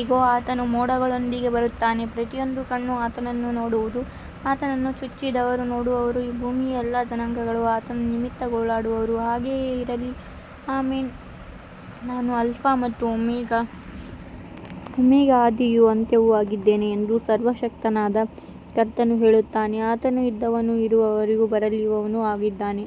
ಇಗೋ, ಆತನು ಮೋಡಗಳೊಂದಿಗೆ ಬರುತ್ತಾನೆ. ಪ್ರತಿಯೊಂದು ಕಣ್ಣೂ ಆತನನ್ನು ನೋಡುವುದು, ಆತನನ್ನು ಚುಚ್ಚಿದವರೂ ನೋಡುವರು. ಭೂಮಿಯ ಎಲ್ಲಾ ಜನಾಂಗಗಳು ಆತನ ನಿಮಿತ್ತ ಗೋಳಾಡುವರು. ಹಾಗೆಯೇ ಇರಲಿ. ಆಮೆನ್. ನಾನು ಆಲ್ಫಾ ಮತ್ತು ಒಮೆಗಾ, ಆದಿಯೂ ಅಂತ್ಯವೂ ಆಗಿದ್ದೇನೆ ಎಂದು ಸರ್ವಶಕ್ತನಾದ ಕರ್ತನು ಹೇಳುತ್ತಾನೆ. ಆತನು ಇದ್ದವನೂ ಇರುವವನೂ ಬರಲಿರುವವನೂ ಆಗಿದ್ದಾನೆ.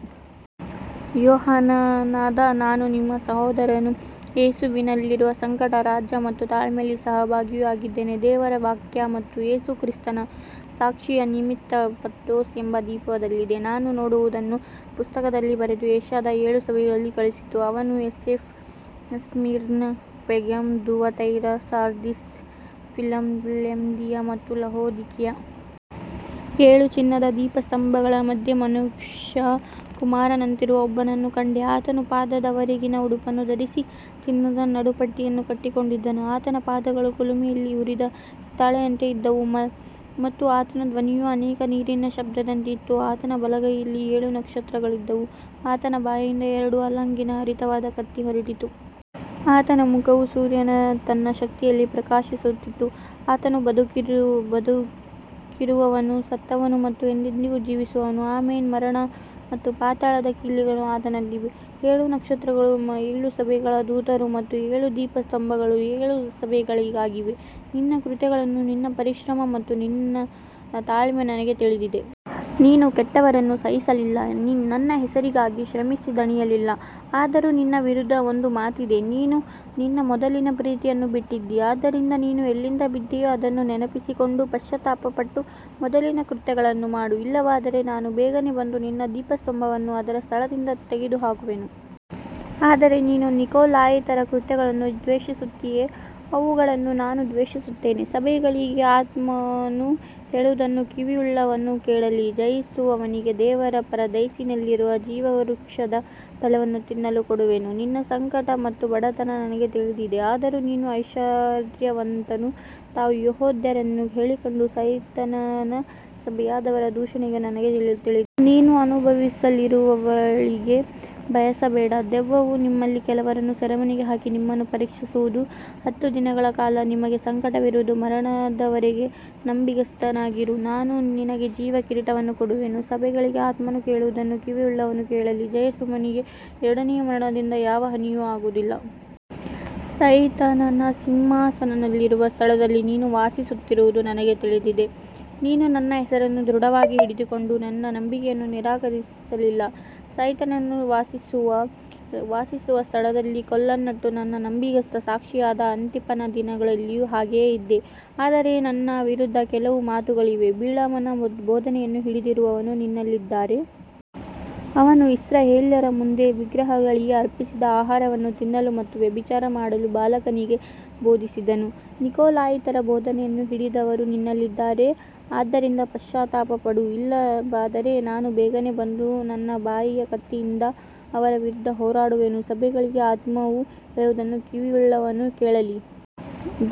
ಯೋಹಾನನಾದ ನಾನು ನಿಮ್ಮ ಸಹೋದರನೂ ಯೇಸುವಿನಲ್ಲಿರುವ ಸಂಕಟ, ರಾಜ್ಯ ಮತ್ತು ತಾಳ್ಮೆಯಲ್ಲಿ ಸಹಭಾಗಿಯೂ ಆಗಿದ್ದೇನೆ. ದೇವರ ವಾಕ್ಯ ಮತ್ತು ಯೇಸು ಕ್ರಿಸ್ತನ ಸಾಕ್ಷಿಯ ನಿಮಿತ್ತ ಪತ್ಮೋಸ್ ಎಂಬ ದ್ವೀಪದಲ್ಲಿದ್ದೆ. ನಾನು ನೋಡುವುದನ್ನು ಪುಸ್ತಕದಲ್ಲಿ ಬರೆದು ಏಷ್ಯಾದ ಏಳು ಸಭೆಗಳಿಗೆ ಕಳುಹಿಸು. ಅವು Ephesus, Smyrna, Pergamum, Thyatira, Sardis, Philadelphia ಮತ್ತು ಲವೋದಿಕೀಯ. ಏಳು ಚಿನ್ನದ ದೀಪಸ್ತಂಭಗಳ ಮಧ್ಯೆ ಮನುಷ್ಯಕುಮಾರನಂತಿರುವ ಒಬ್ಬನನ್ನು ಕಂಡೆ. ಆತನು ಪಾದದವರೆಗಿನ ಉಡುಪನ್ನು ಧರಿಸಿ ಚಿನ್ನದ ನಡುಪಟ್ಟಿಯನ್ನು ಕಟ್ಟಿಕೊಂಡಿದ್ದನು. ಆತನ ಪಾದಗಳು ಕುಲುಮೆಯಲ್ಲಿ ಉರಿದ ಹಿತ್ತಾಳೆಯಂತೆ ಇದ್ದವು ಮತ್ತು ಆತನ ಧ್ವನಿಯು ಅನೇಕ ನೀರಿನ ಶಬ್ದದಂತಿತ್ತು. ಆತನ ಬಲಗೈಯಲ್ಲಿ ಏಳು ನಕ್ಷತ್ರಗಳಿದ್ದವು. ಆತನ ಬಾಯಿಂದ ಎರಡು ಅಲಗಿನ ಹರಿತವಾದ ಕತ್ತಿ ಹೊರಟಿತು. ಆತನ ಮುಖವು ಸೂರ್ಯನು ತನ್ನ ಶಕ್ತಿಯಲ್ಲಿ ಪ್ರಕಾಶಿಸುವಂತಿತ್ತು. ಆತನು ಬದುಕಿರುವವನು, ಸತ್ತವನು ಮತ್ತು ಎಂದೆಂದಿಗೂ ಜೀವಿಸುವವನು. ಆಮೆನ್. ಮರಣ ಮತ್ತು ಪಾತಾಳದ ಕೀಲಿಗಳು ಆತನಲ್ಲಿವೆ. ಏಳು ನಕ್ಷತ್ರಗಳು ಏಳು ಸಭೆಗಳ ದೂತರು ಮತ್ತು ಏಳು ದೀಪಸ್ತಂಭಗಳು ಏಳು ಸಭೆಗಳಾಗಿವೆ. ನಿನ್ನ ಕೃತ್ಯಗಳು, ನಿನ್ನ ಪರಿಶ್ರಮ ಮತ್ತು ನಿನ್ನ ತಾಳ್ಮೆ ನನಗೆ ತಿಳಿದಿವೆ. ನೀನು ಕೆಟ್ಟವರನ್ನು ಸಹಿಸಲಿಲ್ಲ, ನನ್ನ ಹೆಸರಿಗಾಗಿ ಶ್ರಮಿಸಿ ದಣಿಯಲಿಲ್ಲ. ಆದರೂ ನಿನ್ನ ವಿರುದ್ಧ ಒಂದು ಮಾತಿದೆ, ನೀನು ನಿನ್ನ ಮೊದಲಿನ ಪ್ರೀತಿಯನ್ನು ಬಿಟ್ಟಿದ್ದೀ. ಆದ್ದರಿಂದ ನೀನು ಎಲ್ಲಿಂದ ಬಿದ್ದೆಯೋ ಅದನ್ನು ನೆನಪಿಸಿಕೊಂಡು ಪಶ್ಚಾತ್ತಾಪಪಟ್ಟು ಮೊದಲಿನ ಕೃತ್ಯಗಳನ್ನು ಮಾಡು. ಇಲ್ಲವಾದರೆ ನಾನು ಬೇಗನೆ ಬಂದು ನಿನ್ನ ದೀಪಸ್ತಂಭವನ್ನು ಅದರ ಸ್ಥಳದಿಂದ ತೆಗೆದುಹಾಕುವೆನು. ಆದರೆ ನೀನು ನಿಕೊಲಾಯಿತರ ಕೃತ್ಯಗಳನ್ನು ದ್ವೇಷಿಸುತ್ತೀಯೆ, ಅವುಗಳನ್ನು ನಾನೂ ದ್ವೇಷಿಸುತ್ತೇನೆ. ಸಭೆಗಳಿಗೆ ಆತ್ಮನು ಹೇಳುವುದನ್ನು ಕಿವಿಯುಳ್ಳವನು ಕೇಳಲಿ. ಜಯಿಸುವವನಿಗೆ ದೇವರ ಪರದೈಸಿನಲ್ಲಿರುವ ಜೀವವೃಕ್ಷದ ಫಲವನ್ನು ತಿನ್ನಲು ಕೊಡುವೆನು. ನಿನ್ನ ಸಂಕಟ ಮತ್ತು ಬಡತನ ನನಗೆ ತಿಳಿದಿವೆ, ಆದರೂ ನೀನು ಐಶ್ವರ್ಯವಂತನು. ತಾವು ಯೆಹೂದ್ಯರೆಂದು ಹೇಳಿಕೊಂಡು ಸೈತಾನನ ಸಭೆಯಾದವರ ದೂಷಣೆಯೂ ನನಗೆ ತಿಳಿದಿದೆ. ನೀನು ಅನುಭವಿಸಲಿರುವವುಗಳಿಗೆ ಭಯಪಡಬೇಡ. ದೆವ್ವವು ನಿಮ್ಮಲ್ಲಿ ಕೆಲವರನ್ನು ಸೆರೆಮನೆಗೆ ಹಾಕಿ ನಿಮ್ಮನ್ನು ಪರೀಕ್ಷಿಸುವುದು. ಹತ್ತು ದಿನಗಳ ಕಾಲ ನಿಮಗೆ ಸಂಕಟವಿರುವುದು. ಮರಣದವರೆಗೂ ನಂಬಿಗಸ್ತನಾಗಿರು, ನಾನು ನಿನಗೆ ಜೀವದ ಕಿರೀಟವನ್ನು ಕೊಡುವೆನು. ಸಭೆಗಳಿಗೆ ಆತ್ಮನು ಹೇಳುವುದನ್ನು ಕಿವಿಯುಳ್ಳವನು ಕೇಳಲಿ. ಜಯಿಸುವವನಿಗೆ ಎರಡನೆಯ ಮರಣದಿಂದ ಯಾವ ಹಾನಿಯೂ ಆಗುವುದಿಲ್ಲ. ಸೈತಾನನ ಸಿಂಹಾಸನವಿರುವ ಸ್ಥಳದಲ್ಲಿ ನೀನು ವಾಸಿಸುತ್ತಿರುವುದು ನನಗೆ ತಿಳಿದಿದೆ. ನೀನು ನನ್ನ ಹೆಸರನ್ನು ದೃಢವಾಗಿ ಹಿಡಿದುಕೊಂಡು ನನ್ನ ನಂಬಿಕೆಯನ್ನು ನಿರಾಕರಿಸಲಿಲ್ಲ. ಸೈತಾನನು ವಾಸಿಸುವ ಸ್ಥಳದಲ್ಲಿ ಕೊಲ್ಲಲ್ಪಟ್ಟ ನನ್ನ ನಂಬಿಗಸ್ತ ಸಾಕ್ಷಿಯಾದ ಅಂತಿಪನ ದಿನಗಳಲ್ಲಿಯೂ ಹಾಗೆಯೇ ಇದ್ದೆ. ಆದರೆ ನಿನ್ನ ವಿರುದ್ಧ ಕೆಲವು ಮಾತುಗಳಿವೆ. ಬಿಳಾಮನ ಬೋಧನೆಯನ್ನು ಹಿಡಿದಿರುವವರು ನಿನ್ನಲ್ಲಿದ್ದಾರೆ. ಅವನು ಇಸ್ರಾಯೇಲ್ಯರ ಮುಂದೆ ವಿಗ್ರಹಗಳಿಗೆ ಅರ್ಪಿಸಿದ ಆಹಾರವನ್ನು ತಿನ್ನಲು ಮತ್ತು ವ್ಯಭಿಚಾರ ಮಾಡಲು ಬಾಲಾಕನಿಗೆ ಬೋಧಿಸಿದನು. ನಿಕೊಲಾಯಿತರ ಬೋಧನೆಯನ್ನು ಹಿಡಿದವರೂ ನಿನ್ನಲ್ಲಿದ್ದಾರೆ. ಆದ್ದರಿಂದ ಪಶ್ಚಾತ್ತಾಪಪಡು. ಇಲ್ಲವಾದರೆ ನಾನು ಬೇಗನೆ ಬಂದು ನನ್ನ ಬಾಯಿಯ ಕತ್ತಿಯಿಂದ ಅವರ ವಿರುದ್ಧ ಹೋರಾಡುವೆನು. ಸಭೆಗಳಿಗೆ ಆತ್ಮನು ಹೇಳುವುದನ್ನು ಕಿವಿಯುಳ್ಳವನು ಕೇಳಲಿ.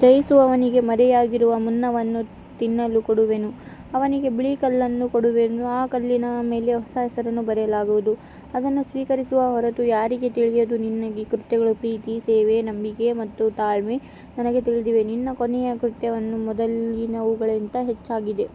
ಜಯಿಸುವವನಿಗೆ ಮರೆಯಾಗಿರುವ ಮನ್ನವನ್ನು ತಿನ್ನಲು ಕೊಡುವೆನು. ಅವನಿಗೆ ಬಿಳಿ ಕಲ್ಲನ್ನೂ ಕೊಡುವೆನು. ಆ ಕಲ್ಲಿನ ಮೇಲೆ ಹೊಸ ಹೆಸರನ್ನು ಬರೆಯಲಾಗುವುದು, ಅದನ್ನು ಸ್ವೀಕರಿಸುವವನ ಹೊರತು ಯಾರಿಗೂ ತಿಳಿಯದು. ನಿನ್ನ ಕೃತ್ಯಗಳು, ಪ್ರೀತಿ, ಸೇವೆ, ನಂಬಿಕೆ ಮತ್ತು ತಾಳ್ಮೆ ನನಗೆ ತಿಳಿದಿವೆ. ನಿನ್ನ ಕೊನೆಯ ಕೃತ್ಯಗಳು ಮೊದಲಿನವುಗಳಿಗಿಂತ ಹೆಚ್ಚಾಗಿವೆ.